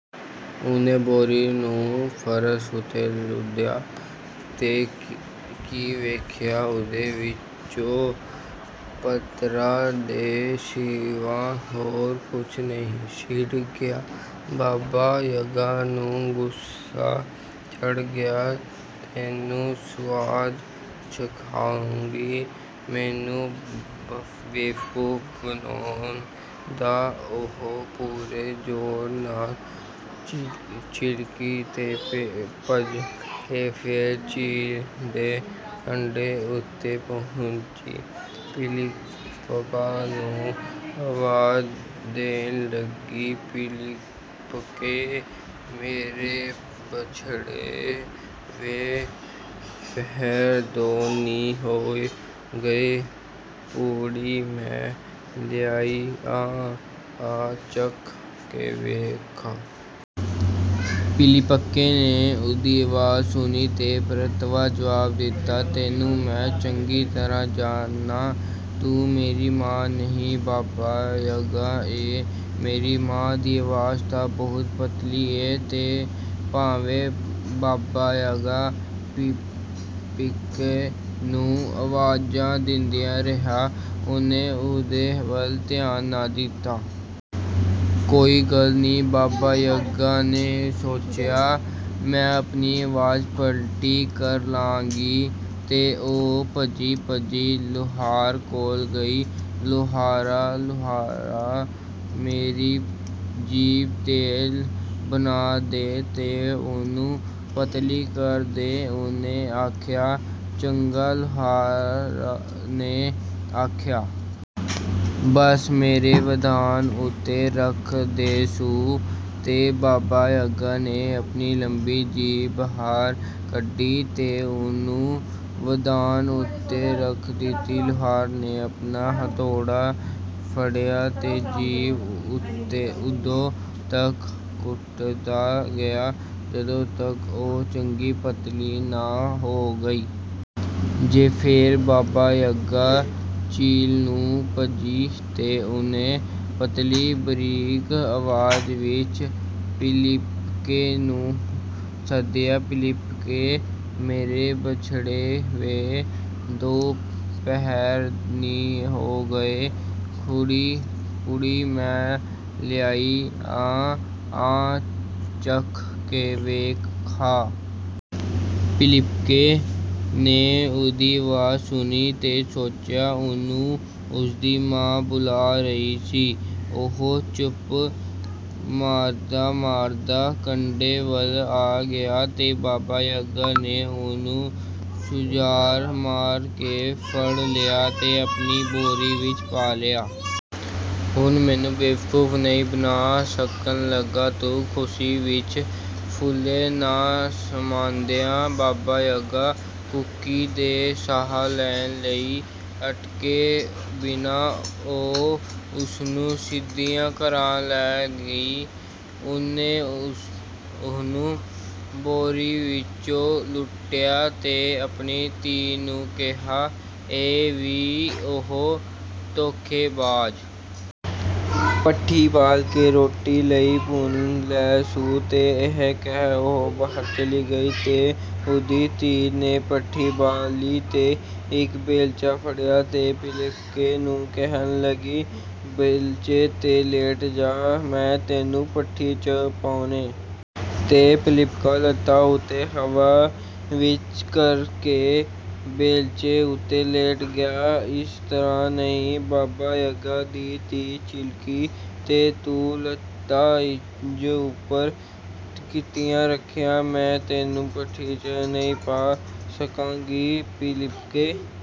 ਉਹਨੇ ਬੋਰੀ ਨੂੰ ਫ਼ਰਸ਼ ਉੱਤੇ ਲੁਦਿਆ ਤੇ ਕੀ ਵੇਖਿਆ! ਉਹਦੇ ਵਿਚੋਂ ਪੱਥਰਾਂ ਦੇ ਸਿਵਾ ਹੋਰ ਕੁਝ ਨਹੀਂ ਸੀ ਡਿਗਿਆ। ਬਾਬਾ-ਯਗਾ ਨੂੰ ਗੁੱਸਾ ਚੜ੍ਹ ਗਿਆ। "ਤੈਨੂੰ ਸੁਆਦ ਚਖਾਵਾਂਗੀ, ਮੈਨੂੰ ਬੇਵਕੂਫ਼ ਬਣਾਉਣ ਦਾ!" ਉਹ ਪੂਰੇ ਜ਼ੋਰ ਨਾਲ ਚਿਲਕੀ ਤੇ ਭੱਜ ਕੇ ਫੇਰ ਝੀਲ ਦੇ ਕੰਢੇ ਉੱਤੇ ਪਹੁੰਚੀ, ਪਿਲੀਪਕਾ ਨੂੰ ਆਵਾਜ਼ ਦੇਣ ਲੱਗੀ, "ਪਿਲੀਪਕੇ, ਮੇਰੇ ਬਚੜੇ, ਵੇ, ਪਹਿਰ ਦੋ ਨੀ ਹੋ ਗਏ, ਪੂੜੀ ਮੈਂ ਲਿਆਈ ਆਂ, ਆ ਚੱਖ ਕੇ ਵੇਖ ਖਾਂ। ਪਿਲੀਪਕੇ ਨੇ ਉਹਦੀ ਆਵਾਜ਼ ਸੁਣੀ ਤੇ ਪਰਤਵਾਂ ਜਵਾਬ ਦਿੱਤਾ, "ਤੈਨੂੰ ਮੈਂ ਚੰਗੀ ਤਰ੍ਹਾਂ ਜਾਣਨਾਂ। ਤੂੰ ਮੇਰੀ ਮਾਂ ਨਹੀਂ, ਬਾਬਾ-ਯਗਾ ਏਂ। ਮੇਰੀ ਮਾਂ ਦੀ ਆਵਾਜ਼ ਤਾਂ ਬਹੁਤ ਪਤਲੀ ਏ।" ਤੇ ਭਾਵੇਂ ਬਾਬਾ-ਯਗਾ ਪਿਲੀਪਕੇ ਨੂੰ ਆਵਾਜ਼ਾਂ ਦਿੰਦੀ ਰਹੀ, ਉਹਨੇ ਉਹਦੇ ਵੱਲ ਧਿਆਨ ਨਾ ਦਿੱਤਾ। "ਕੋਈ ਗੱਲ ਨਹੀਂ," ਬਾਬਾ-ਯਗਾ ਨੇ ਸੋਚਿਆ, "ਮੈਂ ਆਪਣੀ ਆਵਾਜ਼ ਪਤਲੀ ਕਰ ਲਾਂਗੀ।" ਤੇ ਉਹ ਭੱਜੀ-ਭੱਜੀ ਲੁਹਾਰ ਕੋਲ ਗਈ। "ਲੁਹਾਰਾ, ਲੁਹਾਰਾ, ਮੇਰੀ ਜੀਭ ਤੇਜ਼ ਬਣਾ ਦੇ ਤੇ ਉਹਨੂੰ ਪਤਲੀ ਕਰ ਦੇ," ਉਹਨੇ ਆਖਿਆ। "ਚੰਗਾ," ਲੁਹਾਰ ਨੇ ਆਖਿਆ। "ਬਸ ਮੇਰੇ ਵਧਾਣ ਉੱਤੇ ਰੱਖ ਦੇ ਸੁ।" ਤੇ ਬਾਬਾ-ਯਗਾ ਨੇ ਆਪਣੀ ਲੰਮੀ ਜੀਭ ਬਾਹਰ ਕੱਢੀ ਤੇ ਉਹਨੂੰ ਵਧਾਣ ਉੱਤੇ ਰੱਖ ਦਿੱਤਾ। ਲੁਹਾਰ ਨੇ ਆਪਣਾ ਹਥੌੜਾ ਫੜਿਆ ਤੇ ਜੀਭ ਓਦੋਂ ਤਕ ਕੁੱਟਦਾ ਗਿਆ, ਜਦੋਂ ਤਕ ਉਹ ਚੰਗੀ ਪਤਲੀ ਨਾ ਹੋ ਗਈ। ਤੇ ਫੇਰ ਬਾਬਾ-ਯਗਾ ਝੀਲ ਨੂੰ ਭੱਜੀ ਤੇ ਉਹਨੇ ਪਤਲੀ, ਬਰੀਕ ਆਵਾਜ਼ ਵਿੱਚ ਪਿਲੀਪਕੇ ਨੂੰ ਸੱਦਿਆ, "ਪਿਲੀਪਕੇ, ਮੇਰੇ ਬਚੜੇ, ਵੇ, ਦੋ ਪਹਿਰ ਨੀ ਹੋ ਗਏ, ਪੂੜੀ ਮੈਂ ਲਿਆਈ ਆਂ, ਆ ਚੱਖ ਕੇ ਵੇਖ ਖਾਂ!" ਪਿਲੀਪਕੇ ਨੇ ਉਹਦੀ ਆਵਾਜ਼ ਸੁਣੀ ਤੇ ਸੋਚਿਆ, ਉਹਨੂੰ ਉਹਦੀ ਮਾਂ ਬੁਲਾ ਰਹੀ ਸੀ। ਉਹ ਚੱਪੂ ਮਾਰਦਾ-ਮਾਰਦਾ ਕੰਢੇ ਵੱਲ ਆ ਗਿਆ ਤੇ ਬਾਬਾ-ਯਗਾ ਨੇ ਉਹਨੂੰ ਝੁਰਾਟ ਮਾਰ ਕੇ ਫੜ ਲਿਆ ਤੇ ਆਪਣੀ ਬੋਰੀ ਵਿੱਚ ਪਾ ਲਿਆ। "ਹੁਣ ਮੈਨੂੰ ਬੇਵਕੂਫ਼ ਨਹੀਂ ਬਣਾ ਸਕਣ ਲੱਗਾ ਤੂੰ!" ਖੁਸ਼ੀ ਵਿੱਚ ਫੁੱਲੇ ਨਾ ਸਮਾਂਦਿਆਂ, ਬਾਬਾ-ਯਗਾ ਕੂਕੀ ਤੇ ਸਾਹ ਲੈਣ ਲਈ ਅਟਕੇ ਬਿਨਾਂ ਉਹ ਉਹਨੂੰ ਸਿੱਧਿਆਂ ਘਰ ਲੈ ਗਈ। ਉਹਨੇ ਉਹਨੂੰ ਬੋਰੀ ਵਿਚੋਂ ਲੁਦਿਆ ਤੇ ਆਪਣੀ ਧੀ ਨੂੰ ਕਿਹਾ, "ਇਹ ਈ ਉਹ ਧੋਖੇਬਾਜ਼! ਭੱਠੀ ਬਾਲ ਤੇ ਰੋਟੀ ਲਈ ਭੁੰਨ ਲੈ ਸੁ।" ਤੇ ਇਹ ਕਹਿ ਉਹ ਬਾਹਰ ਚਲੀ ਗਈ। ਤੇ ਉਹਦੀ ਧੀ ਨੇ ਭੱਠੀ ਬਾਲੀ ਤੇ ਇਕ ਬੇਲਚਾ ਫੜਿਆ, ਤੇ ਪਿਲੀਪਕੇ ਨੂੰ ਕਹਿਣ ਲੱਗੀ, "ਬੇਲਚੇ 'ਤੇ ਲੇਟ ਜਾ, ਮੈਂ ਤੈਨੂੰ ਭੱਠੀ 'ਚ ਪਾਉਣੈ।" ਤੇ ਪਿਲੀਪਕਾ ਲੱਤਾਂ ਉੱਤੇ ਹਵਾ ਵਿੱਚ ਕਰ ਕੇ ਬੇਲਚੇ ਉੱਤੇ ਲੇਟ ਗਿਆ। "ਏਸ ਤਰ੍ਹਾਂ ਨਹੀਂ!" ਬਾਬਾ-ਯਗਾ ਦੀ ਧੀ ਚਿਲਕੀ। "ਜੇ ਤੂੰ ਲੱਤਾਂ ਇੰਜ ਉੱਪਰ ਕੀਤੀਆਂ ਰੱਖੀਆਂ, ਮੈਂ ਤੈਨੂੰ ਭੱਠੀ 'ਚ ਨਹੀਂ ਪਾ ਸਕਾਂਗੀ।" ਪਿਲੀਪਕੇ